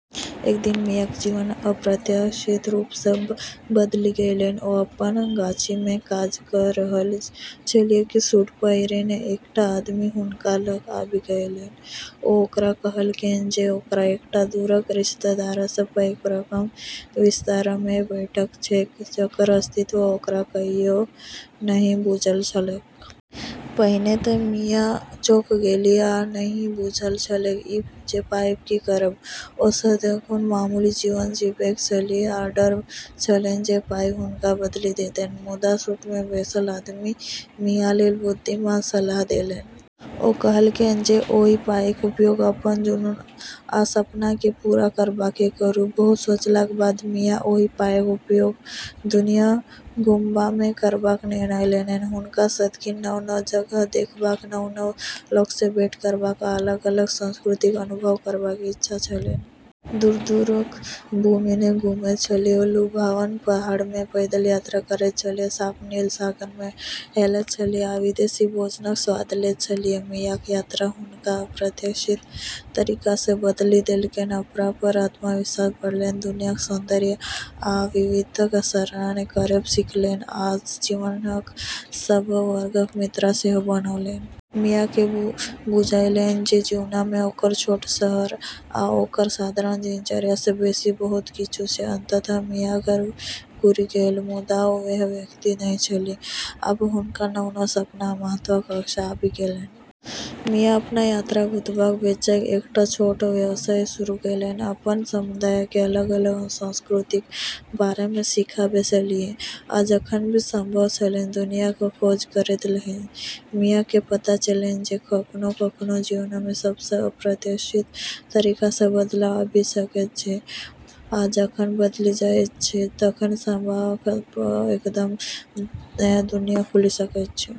एक दिन मियाक जीवन अप्रत्याशित रूपसँ बदलि गेलैन। ओ अपन गाछीमे काज कऽ रहल छलीह कि सूट पहिरने एकटा आदमी हुनका लग आबि गेलैन। ओ ओकरा कहलकैन जे ओकरा एकटा दूरक रिश्तेदारसँ पैघ रकम विरासतमे भेटल छैक जकर अस्तित्व ओकरा कहियो नहि बुझल छलैक। पहिने तँ मिया चौंक गेलीह आ नहि बुझल छलैन जे पाइक की करब। ओ सदिखन मामूली जीवन जीबैत छलीह आ डर छलैन जे पाइ हुनका बदलि देतैन। मुदा सूटमे बैसल आदमी मियालेल बुद्धिमान सलाह देलैन। ओ कहलकैन जे ओहि पाइक उपयोग अपन जुनून आ सपनाकेँ पूरा करबामे करू। बहुत सोचलाक बाद मिया ओहि पाइक उपयोग दुनिया घुमबामे करबाक निर्णय लेलैन। हुनका सदिखन नव-नव जगह देखबाक, नव-नव लोकसँ भेंट करबाक, आ अलग-अलग संस्कृतिक अनुभव करबाक इच्छा छलैन। दूर-दूरक भूमिमे घुमैत छलीह, लुभावन पहाड़मे पैदल यात्रा करैत छलीह, साफ नील सागरमे हेलैत छलीह, आ विदेशी भोजनक स्वाद लैत छलीह। मियाक यात्रा हुनका अप्रत्याशित तरीकासँ बदलि देलकैन। अपनापर आत्मविश्वास बढ़लैन, दुनियाक सौंदर्य आ विविधताक सराहना करब सीखलैन, आ जीवनक सब वर्गक मित्रता सेहो बनौलैन। मियाकेँ बुझायलैन जे जीवनमे ओकर छोट शहर आ ओकर साधारण दिनचर्यासँ बेसी बहुत किछु छै। अन्ततः मिया घर घुरि गेलीह, मुदा ओ वैह व्यक्ति नहि छलीह। आब हुनका नव-नव सपना आ महत्वाकांक्षा आबि गेलैन। मिया अपन यात्राक उत्पाद बेचैक एकटा छोट व्यवसाय शुरू केलैन, अपन समुदायकेँ अलग-अलग संस्कृतिक बारेमे सिखाबै छलीह, आ जखन भी संभव छलैन दुनियाक खोज करैत रहलीह। मियाकेँ पता चललैन जे कखनो-कखनो, जीवनमे सबसँ अप्रत्याशित तरीकासँ बदलाव आबि सकैत छै, आ जखन बदलि जाइत छै, तखन संभावनाक एकदम नया दुनिया खुलि सकैत छै।